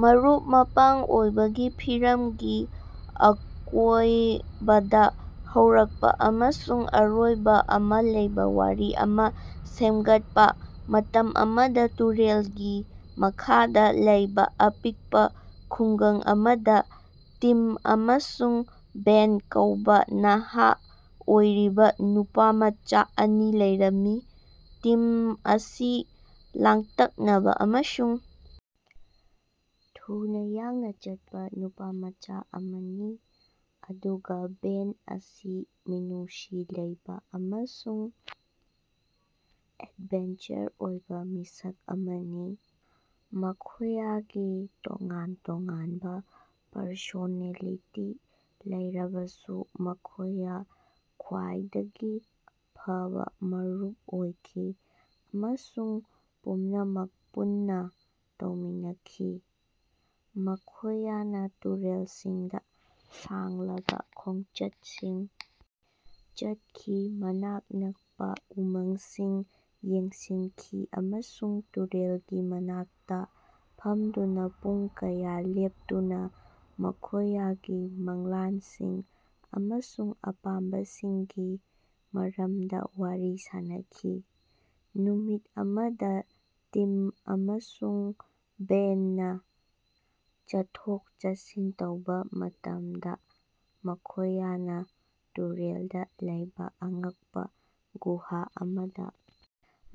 ꯃꯔꯨꯞ-ꯃꯄꯥꯡ ꯑꯣꯏꯕꯒꯤ ꯍꯤꯔꯝꯒꯤ ꯑꯀꯣꯏꯕꯗ ꯍꯧꯔꯛꯄ ꯑꯃꯁꯨꯡ ꯑꯔꯣꯏꯕ ꯑꯃ ꯂꯩꯕ ꯋꯥꯔꯤ ꯑꯃ ꯁꯦꯝꯒꯠꯄ꯫ ꯃꯇꯝ ꯑꯃꯗ ꯇꯨꯔꯦꯜꯒꯤ ꯃꯈꯥꯗ ꯂꯩꯕ ꯑꯄꯤꯛꯄ ꯈꯨꯡꯒꯪ ꯑꯃꯗ ꯇꯤꯝ ꯑꯃꯁꯨꯡ ꯕꯦꯟ ꯀꯧꯕ ꯅꯍꯥ ꯑꯣꯏꯔꯤꯕ ꯅꯨꯄꯥꯃꯆꯥ ꯑꯅꯤ ꯂꯩꯔꯝꯃꯤ꯫ ꯇꯤꯝ ꯑꯁꯤ ꯂꯥꯡꯇꯛꯅꯕ ꯑꯃꯁꯨꯡ ꯊꯨꯅ ꯌꯥꯡꯅ ꯆꯠꯄ ꯅꯨꯄꯥꯃꯆꯥ ꯑꯃꯅꯤ, ꯑꯗꯨꯒ ꯕꯦꯟ ꯑꯁꯤ ꯃꯤꯅꯨꯡꯁꯤ ꯂꯩꯕ ꯑꯃꯁꯨꯡ ꯑꯦꯗꯚꯦꯟꯆꯔ ꯑꯣꯏꯕ ꯃꯤꯁꯛ ꯑꯃꯅꯤ꯫ ꯃꯈꯣꯌꯒꯤ ꯇꯣꯉꯥꯟ ꯇꯣꯉꯥꯟꯕ ꯄꯔꯁꯣꯅꯦꯂꯤꯇꯤ ꯂꯩꯔꯕꯁꯨ ꯃꯈꯣꯌ ꯈ꯭ꯋꯥꯏꯗꯒꯤ ꯐꯕ ꯃꯔꯨꯞ ꯑꯣꯏꯈꯤ ꯑꯃꯁꯨꯡ ꯄꯨꯝꯅꯃꯛ ꯄꯨꯟꯅ ꯇꯧꯃꯤꯟꯅꯈꯤ꯫ ꯃꯈꯣꯌꯅ ꯇꯨꯔꯦꯜꯁꯤꯡꯗ ꯁꯥꯡꯂꯕ ꯈꯣꯡꯆꯠꯁꯤꯡ ꯆꯠꯈꯤ, ꯃꯅꯥꯛ ꯅꯛꯄ ꯎꯃꯪꯁꯤꯡ ꯌꯦꯡꯁꯤꯟꯈꯤ ꯑꯃꯁꯨꯡ ꯇꯨꯔꯦꯜꯒꯤ ꯃꯅꯥꯛꯇ ꯐꯝꯗꯨꯅ ꯄꯨꯡ ꯀꯌꯥ ꯂꯦꯞꯇꯨꯅ ꯃꯈꯣꯌꯒꯤ ꯃꯪꯂꯥꯟꯁꯤꯡ ꯑꯃꯁꯨꯡ ꯑꯄꯥꯝꯕꯁꯤꯡꯒꯤ ꯃꯔꯝꯗ ꯋꯥꯔꯤ ꯁꯥꯅꯈꯤ꯫ ꯅꯨꯃꯤꯠ ꯑꯃꯗ ꯇꯤꯝ ꯑꯃꯁꯨꯡ ꯕꯦꯟꯅ ꯆꯠꯊꯣꯛ-ꯆꯠꯁꯤꯟ ꯇꯧꯕ ꯃꯇꯝꯗ ꯃꯈꯣꯌꯅ ꯇꯨꯔꯦꯜꯗ ꯂꯩꯕ ꯑꯉꯛꯄ ꯒꯨꯍꯥ ꯑꯃꯗ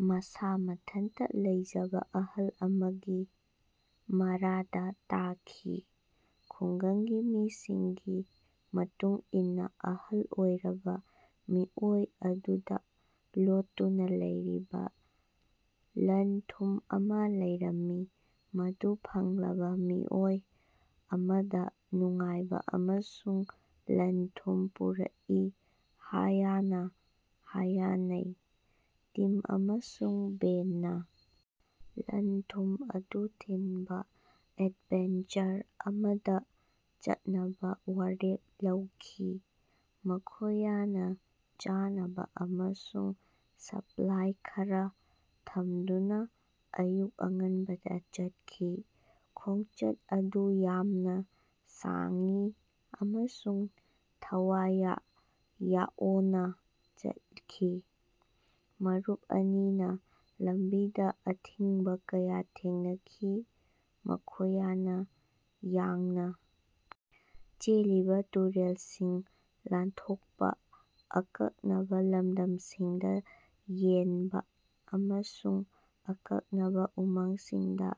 ꯃꯁꯥ ꯃꯊꯟꯇ ꯂꯩꯖꯕ ꯑꯍꯜ ꯑꯃꯒꯤ ꯃꯔꯗ ꯇꯥꯈꯤ꯫ ꯈꯨꯡꯒꯪꯒꯤ ꯃꯤꯁꯤꯡꯒꯤ ꯃꯇꯨꯡ ꯏꯟꯅ ꯑꯍꯜ ꯑꯣꯏꯔꯕ ꯃꯤꯑꯣꯏ ꯑꯗꯨꯗ ꯂꯣꯠꯇꯨꯅ ꯂꯩꯔꯤꯕ ꯂꯟ-ꯊꯨꯝ ꯑꯃ ꯂꯩꯔꯝꯃꯤ, ꯃꯗꯨ ꯐꯪꯂꯕ ꯃꯤꯑꯣꯏ ꯑꯃꯗ ꯅꯨꯡꯉꯥꯏꯕ ꯑꯃꯁꯨꯡ ꯂꯟ-ꯊꯨꯝ ꯄꯨꯔꯛꯏ ꯍꯥꯌꯅ ꯍꯥꯌꯅꯩ꯫ ꯇꯤꯝ ꯑꯃꯁꯨꯡ ꯕꯦꯟꯅ ꯂꯟ-ꯊꯨꯝ ꯑꯗꯨ ꯊꯤꯟꯕ ꯑꯦꯗꯚꯦꯟꯆꯔ ꯑꯃꯗ ꯆꯠꯅꯕ ꯋꯥꯔꯦꯞ ꯂꯧꯈꯤ꯫ ꯃꯈꯣꯌꯅ ꯆꯥꯅꯕ ꯑꯃꯁꯨꯡ ꯁꯄꯂꯥꯏ ꯈꯔꯥ ꯊꯝꯗꯨꯅ ꯑꯌꯨꯛ ꯑꯉꯟꯕꯗ ꯆꯠꯈꯤ꯫ ꯈꯣꯡꯆꯠ ꯑꯗꯨ ꯌꯥꯝꯅ ꯁꯥꯡꯏ ꯑꯃꯁꯨꯡ ꯊꯋꯥꯌ ꯌꯥꯑꯣꯅ ꯆꯠꯈꯤ, ꯃꯔꯨꯞ ꯑꯅꯤꯅꯥ ꯂꯝꯕꯤꯗ ꯑꯊꯤꯡꯕ ꯀꯌꯥ ꯊꯦꯡꯅꯈꯤ꯫ ꯃꯈꯣꯌꯅ ꯌꯥꯡꯅ ꯆꯦꯜꯂꯤꯕ ꯇꯨꯔꯦꯜꯁꯤꯡ ꯂꯥꯟꯊꯣꯛꯄ, ꯑꯀꯛꯅꯕ ꯂꯝꯗꯝꯁꯤꯡꯗ ꯆꯦꯟꯕ ꯑꯃꯁꯨꯡ ꯑꯀꯛꯅꯕ ꯎꯃꯪꯁꯤꯡꯗ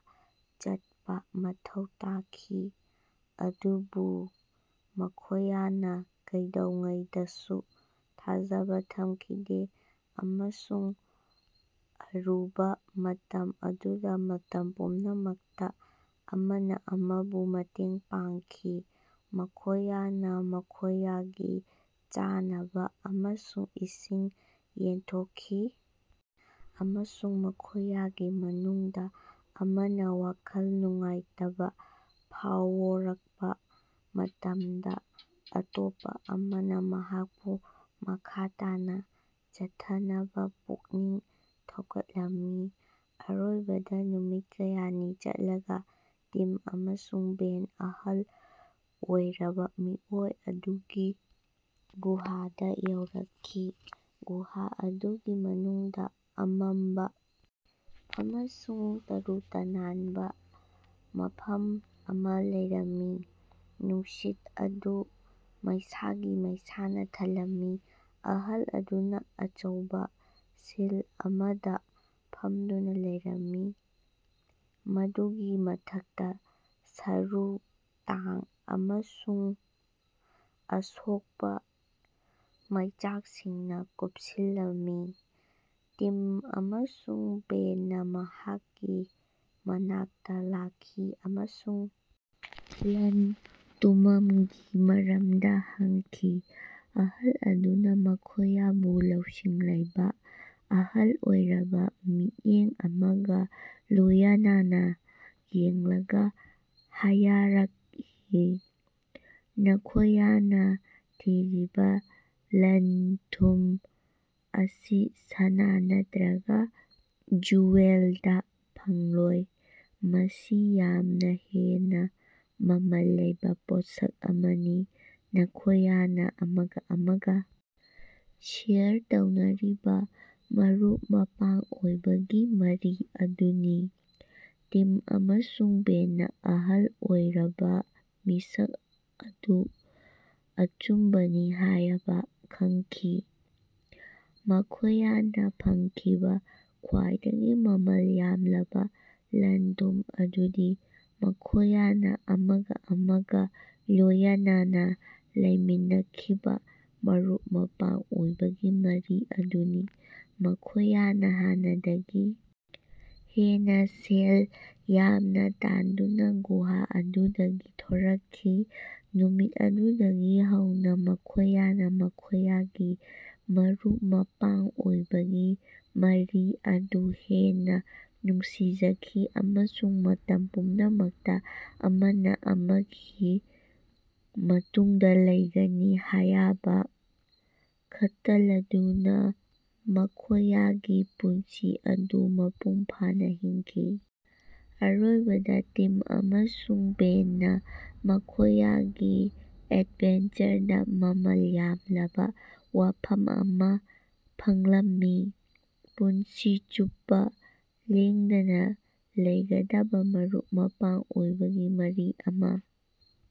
ꯆꯠꯄꯥ ꯃꯊꯧ ꯇꯥꯈꯤ꯫ ꯑꯗꯨꯕꯨ ꯃꯈꯣꯌꯅ ꯀꯩꯗꯧꯉꯩꯗꯁꯨ ꯊꯥꯖꯕ ꯊꯝꯈꯤꯗꯦ ꯑꯃꯁꯨꯡ ꯑꯔꯨꯕ ꯃꯇꯝ ꯑꯗꯨꯗ ꯃꯇꯝ ꯄꯨꯝꯅꯃꯛꯇ ꯑꯃꯅ ꯑꯃꯕꯨ ꯃꯇꯦꯡ ꯄꯥꯡꯈꯤ꯫ ꯃꯈꯣꯌꯅ ꯃꯈꯣꯌꯒꯤ ꯆꯥꯅꯕ ꯑꯃꯁꯨꯡ ꯏꯁꯤꯡ ꯌꯦꯟꯊꯣꯛꯈꯤ ꯑꯃꯁꯨꯡ ꯃꯈꯣꯌꯒꯤ ꯃꯅꯨꯡꯗ ꯑꯃꯅ ꯋꯥꯈꯜ ꯅꯨꯡꯉꯥꯏꯇꯕ ꯐꯥꯑꯣꯔꯛꯄ ꯃꯇꯝꯗ ꯑꯇꯣꯞꯄ ꯑꯃꯅ ꯃꯍꯥꯛꯄꯨ ꯃꯈꯥ ꯇꯥꯅ ꯆꯠꯊꯅꯕ ꯄꯨꯛꯅꯤꯡ ꯊꯧꯒꯠꯂꯝꯃꯤ꯫ ꯑꯔꯣꯏꯕꯗ ꯅꯨꯃꯤꯠ ꯀꯌꯥꯅꯤ ꯆꯠꯂꯒ ꯇꯤꯝ ꯑꯃꯁꯨꯡ ꯕꯦꯟ ꯑꯍꯜ ꯑꯣꯏꯔꯕ ꯃꯤꯑꯣꯏ ꯑꯗꯨꯒꯤ ꯒꯨꯍꯥꯗ ꯌꯧꯔꯛꯈꯤ꯫ ꯒꯨꯍꯥ ꯑꯗꯨꯒꯤ ꯃꯅꯨꯡꯗ ꯑꯃꯝꯕ ꯑꯃꯁꯨꯡ ꯇꯔꯨ ꯇꯅꯥꯟꯕ ꯃꯐꯝ ꯑꯃ ꯂꯩꯔꯝꯃꯤ, ꯅꯨꯡꯁꯤꯠ ꯑꯗꯨ ꯃꯩꯁꯥꯒꯤ ꯃꯩꯁꯥꯅ ꯊꯜꯂꯝꯃꯤ꯫ ꯑꯍꯜ ꯑꯗꯨꯅ ꯑꯆꯧꯕ ꯁꯤꯜ ꯑꯃꯗ ꯐꯝꯗꯨꯅ ꯂꯩꯔꯝꯃꯤ, ꯃꯗꯨꯒꯤ ꯃꯊꯛꯇ ꯁꯔꯨ ꯇꯥꯡ ꯑꯃꯁꯨꯡ ꯑꯁꯣꯛꯄ ꯃꯩꯆꯥꯛꯁꯤꯡꯅ ꯀꯨꯞꯁꯤꯜꯂꯝꯃꯤ꯫ ꯇꯤꯝ ꯑꯃꯁꯨꯡ ꯕꯦꯟꯅ ꯃꯍꯥꯛꯀꯤ ꯃꯅꯥꯛꯇ ꯂꯥꯛꯈꯤ ꯑꯃꯁꯨꯡ ꯂꯟ-ꯊꯨꯃꯝꯒꯤ ꯃꯔꯝꯗ ꯍꯪꯈꯤ꯫ ꯑꯍꯜ ꯑꯗꯨꯅ ꯃꯈꯣꯌꯕꯨ ꯂꯧꯁꯤꯡ ꯂꯩꯕ, ꯑꯍꯜ ꯑꯣꯏꯔꯕ ꯃꯤꯠꯌꯦꯡ ꯑꯃꯒ ꯂꯣꯌꯅꯅ ꯌꯦꯡꯂꯒ ꯍꯥꯌꯔꯛꯏ, "ꯅꯈꯣꯌꯅ ꯊꯤꯔꯤꯕ ꯂꯟ-ꯊꯨꯝ ꯑꯁꯤ ꯁꯅꯥ ꯅꯠꯇ꯭ꯔꯒ ꯖꯨꯌꯦꯜꯗ ꯐꯪꯂꯣꯏ꯫ ꯃꯁꯤ ꯌꯥꯝꯅ ꯍꯦꯟꯅꯥ ꯃꯃꯜ ꯂꯩꯕ ꯄꯣꯠꯁꯛ ꯑꯃꯅꯤ꯫ ꯅꯈꯣꯌꯅ ꯑꯃꯒ ꯑꯃꯒ ꯁꯦꯌꯔ ꯇꯧꯅꯔꯤꯕ ꯃꯔꯨꯞ-ꯃꯄꯥꯡ ꯑꯣꯏꯕꯒꯤ ꯃꯔꯤ ꯑꯗꯨꯅꯤ꯫" ꯇꯤꯝ ꯑꯃꯁꯨꯡ ꯕꯦꯟꯅ ꯑꯍꯜ ꯑꯣꯏꯔꯕꯥꯃꯤꯁꯛ ꯑꯗꯨ ꯑꯆꯨꯝꯕꯅꯤ ꯍꯥꯌꯕ ꯈꯪꯈꯤ꯫ ꯃꯈꯣꯌꯅ ꯐꯪꯈꯤꯕ ꯈ꯭ꯋꯥꯏꯗꯒꯤ ꯃꯃꯜ ꯌꯥꯝꯂꯕ ꯂꯟ-ꯊꯨꯝ ꯑꯗꯨꯗꯤ ꯃꯈꯣꯌꯅ ꯑꯃꯒ ꯑꯃꯒ ꯂꯣꯌꯅꯅ ꯂꯩꯃꯤꯟꯅꯈꯤꯕ ꯃꯔꯨꯞ-ꯃꯄꯥꯡ ꯑꯣꯏꯕꯒꯤ ꯃꯔꯤ ꯑꯗꯨꯅꯤ꯫ ꯃꯈꯣꯌꯅ ꯍꯥꯟꯅꯗꯒꯤ ꯍꯦꯟꯅ ꯁꯦꯜ ꯌꯥꯝꯅꯥ ꯇꯥꯟꯗꯨꯅ ꯒꯨꯍꯥ ꯑꯗꯨꯗꯒꯤ ꯊꯣꯔꯛꯈꯤ꯫ ꯅꯨꯃꯤꯠ ꯑꯗꯨꯗꯒꯤ ꯍꯧꯅ ꯃꯈꯣꯌꯅ ꯃꯈꯣꯌꯒꯤ ꯃꯔꯨꯞ-ꯃꯄꯥꯡ ꯑꯣꯏꯕꯒꯤ ꯃꯔꯤ ꯑꯗꯨ ꯍꯦꯟꯅ ꯅꯨꯡꯁꯤꯖꯈꯤ ꯑꯃꯁꯨꯡ ꯃꯇꯝ ꯄꯨꯝꯅꯃꯛꯇ ꯑꯃꯅ ꯑꯃꯒꯤ ꯃꯇꯨꯡꯗ ꯂꯩꯒꯅꯤ ꯍꯥꯌꯕ ꯈꯇꯂꯗꯨꯅ ꯃꯈꯣꯌꯒꯤ ꯄꯨꯟꯁꯤ ꯑꯗꯨ ꯃꯄꯨꯡ ꯐꯥꯅ ꯍꯤꯡꯈꯤ꯫ ꯑꯔꯣꯏꯕꯗ ꯇꯤꯝ ꯑꯃꯁꯨꯡ ꯕꯦꯟꯅ ꯃꯈꯣꯌꯒꯤ ꯑꯦꯗꯚꯦꯟꯆꯔꯗ ꯃꯃꯜ ꯌꯥꯝꯂꯕ ꯋꯥꯐꯝ ꯑꯃ ꯐꯪꯂꯝꯃꯤ: ꯄꯨꯟꯁꯤ ꯆꯨꯞꯄ ꯂꯦꯡꯗꯅ ꯂꯩꯒꯗꯕ ꯃꯔꯨꯞ-ꯃꯄꯥꯡ ꯑꯣꯏꯕꯒꯤ ꯃꯔꯤ ꯑꯃ꯫